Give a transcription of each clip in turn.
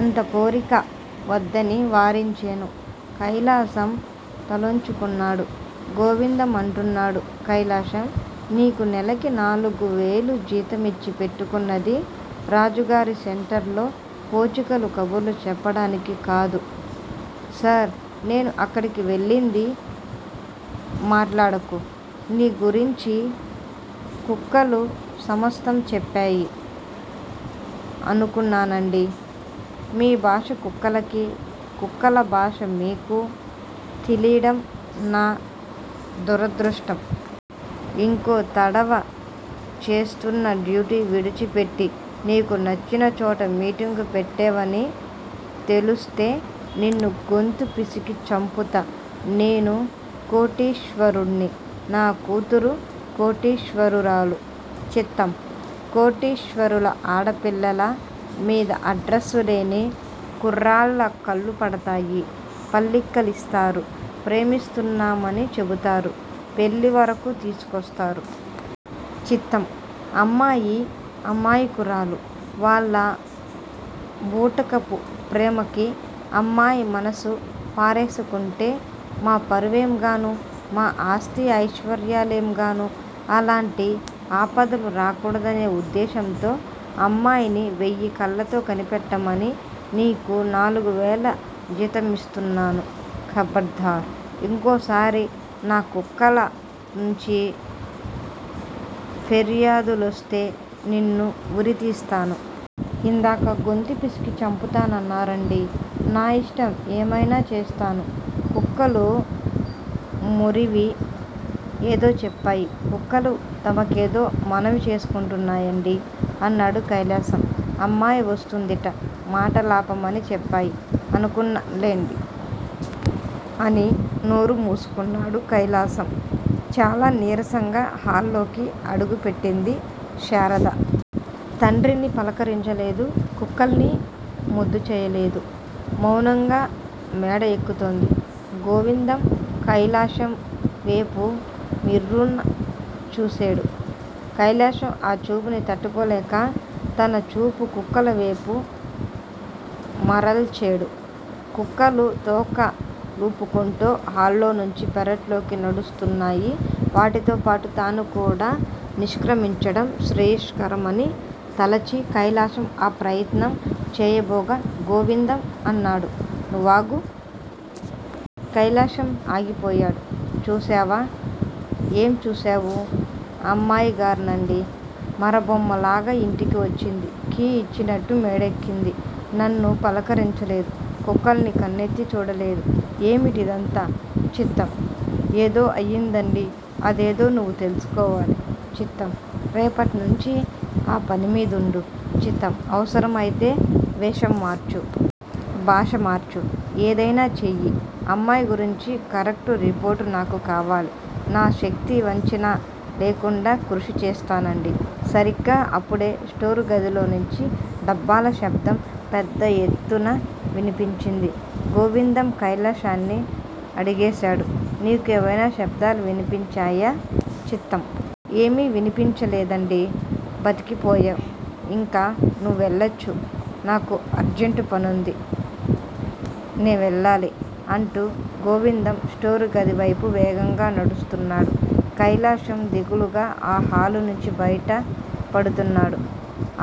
అంత కోరిక వద్దని వారించేను. కైలాసం తలొంచుకున్నాడు. గోవిందం అంటున్నాడు కైలాసం! నీకు నెలకి నాలుగు వేలు జీతమిచ్చి పెట్టుకున్నది రాజుగారి సెంటర్లో పోచికోలు ఖబుర్లు చెప్పడాని క్కాదు! సార్! నేను అక్కడికి వెళ్లింది మాట్లాడకు! నీ గురించి కుక్కలు సమస్తం చెప్పేయి! అనుకున్నానండీ! మీ భాష కుక్కలకీ, కుక్కల భాష మీకూ తీలీడం నా దురదృష్టం! ఇంకో తడవ చేస్తున్న డ్యూటీ విడిచిపెట్టి నీకు నచ్చిన చోట మీటింగు పెట్టేవని తెలుస్తే నిన్ను గొంతు పిసికి చంపుతా! నేను కోటీశ్వరుణ్ని. నా కూతురు కోటీశ్వరురాలు! చిత్తం! కోటీశ్వరుల ఆడపిల్లల మీద అడ్రస్సు లేని కుర్రాళ్ల కళ్లు పడతాయి. పళ్లికిలిస్తారు. ప్రేమిస్తున్నామని చెబుతారు. పెళ్లివరకు తీసుకొస్తారు. చిత్తం! అమ్మాయి అమాయకురాలు. వాళ్ల బూటకపు ప్రేమకి అమ్మాయి మనసు పారేసుకుంటే, మా పరువేంగాను? మా ఆస్తీ, ఐశ్వర్యలేంగాను? అల్లాంటి ఆపదలు రాకూడదనే ఉద్దేశంతో అమ్మాయిని వెయ్యి కళ్లతో కనిపెట్టమని నీకు నాలుగు వేల జీత మిస్తున్నాను. ఖబడ్దార్! ఇంకోసారి నా కుక్కల నుంచి ఫేర్యాదులోస్తే నిన్ను ఉరితీస్తాను. ఇందాక గొంతు పిసికి చంపుతా నాన్నారండి! నా ఇష్టం! ఏమైనా చేస్తాను! కుక్కలు మొరిగి ఏదో చెప్పాయి. కుక్కలు తమ కేదో మనవి చేసుకుంటున్నాయండి! అన్నాడు కైలాసం. అమ్మాయి వస్తోందిట మాటలాపమని చెప్పేయి. అనుకున్నాన్లేండి! అని నోరు మూసుకున్నాడు కైలాసం. చాలా నీరసంగా హాల్లోకి అడుగుపెట్టింది శారద. తండ్రిని పలకరించలేదు. కుక్కల్ని ముద్దు చేయలేదు. మౌనంగా మేడ ఎక్కుతోంది! గోవిందం కైలాసం వేపు మిర్రున చూసేడు. కైలాసం ఆ చూపుని తట్టుకోలేక, తన చూపు కుక్కల వేపు మరల్చేడు. కుక్కలు తోక లూపుకుంటో హాల్లోంచి పెరట్లోకి నడుస్తున్నాయి వాటితోపాటు తాను కూడా నిష్ర్కమించడం శ్రేయస్కరమని తలచి కైలాసం ఆ ప్రయత్నం చేయబోగా గోవిందం అన్నాడు- నువ్వాగు! కైలాసం ఆగిపోయాడు. చూసావా? ఏం చూసావు? అమ్మాయి గార్నండి! మర బొమ్మలాగా ఇంటికి వచ్చింది. కీ ఇచ్చినట్టు మేడెక్కింది. నన్ను పలకరించలేదు. కుక్కల్ని కన్నెత్తి చూడలేదు. ఏమిటిదంతా? చిత్తం! ఏదో అయ్యిందండి! అదేదో నువ్వు తెలుసుకోవాలి! చిత్తం! రేపట్నించి ఆ పని మీదుండు! చిత్తం! అవసరమైతే వేషం మార్చు. భాష మార్చు. ఏదైనా చెయ్యి! అమ్మాయి గురించి కరెక్టు రిపోర్టు నాకు కావాలి! నా శక్తి వంచన లేకుండా కృషి చేస్తానండి! సరిగా అప్పుడే స్టోరు గదిలోంచి డబ్బాల శబ్దం పెద్ద ఎత్తున వినిపించింది. గోవిందం కైలాసాన్ని అడిగేసాడు నీకు ఏవైనా శబ్దాలు వినిపించేయా? చిత్తం! ఏమీ వినిపించలేదండి. బతికి పోయావ్! ఇంక నువ్వు వెళ్లచ్చు! నాకు అర్జంటు పనుంది. నేవెళ్లాలి! అంటూ గోవిందం స్టోరు గది వైపు వేగంగా నడుస్తున్నాడు. కైలాసం దిగులుగా ఆ హాలు నుంచి బయట పడుతున్నాడు.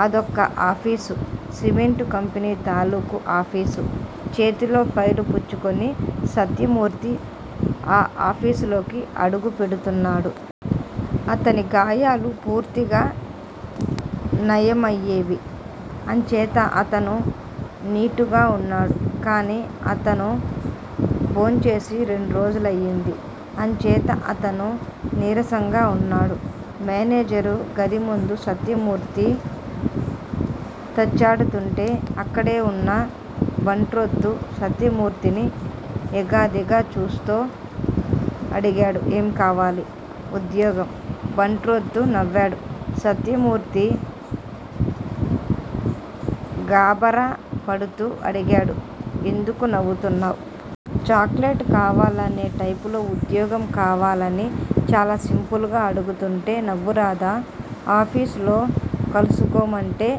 అదొక ఆఫీసు. సిమెంటు కంపెనీ తాలూకు ఆఫీసు! చేతిలో ఫైలు పుచ్చుకుని సత్యమూర్తి ఆ ఆఫీసులోకి అడుగు పెడుతున్నాడు. అతని గాయాలుపూర్తిగా నయమయ్యేయి. అంచేత అతను నీటుగా వున్నాడు. కానీ, అతను భోంచేసి రెండ్రోజులైంది. అంచేత అతను నీరసంగా వున్నాడు. మేనేజరు గది ముందు సత్యమూర్తి తచ్చాడుతుంటే, అక్కడే ఉన్న బంట్రోతు సత్యమూర్తిని ఎగాదిగా చూస్తో అడిగేడు ఏం కావాలి? ఉద్యోగం. బంట్రోతు నవ్వేడు. సత్యమూర్తి గాబరా పడుతూ అడిగాడు- ఎందుకు నవ్వుతావ్? చాక్ లెట్ కావాలనే టైపులో ఉద్యోగం కావాలని చాలా సింపుల్ గా అడుగుతుంటే నవ్వు రాదా? ఆఫీసులో కలుసుకోమంటే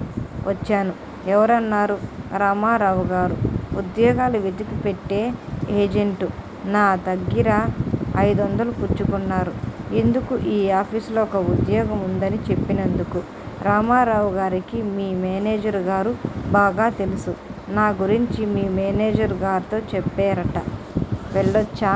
వచ్చేను. ఎవరన్నారు? రామారావుగారు. ఉద్యోగాలు వెతికి పెట్టె ఏజెంటు. నా దగ్గిర అయిదొందలు పుచ్చుకున్నారు. ఎందుకు ఈ ఆఫీసులో ఒక ఉద్యోగం వుందని చెప్పినందుకు. రామారావుగారికి మీ మేనేజరు గారు బాగా తెలుసు. నా గురించి మీ మేనేజరు గార్తో చెప్పేరట. వెళ్లచ్చా?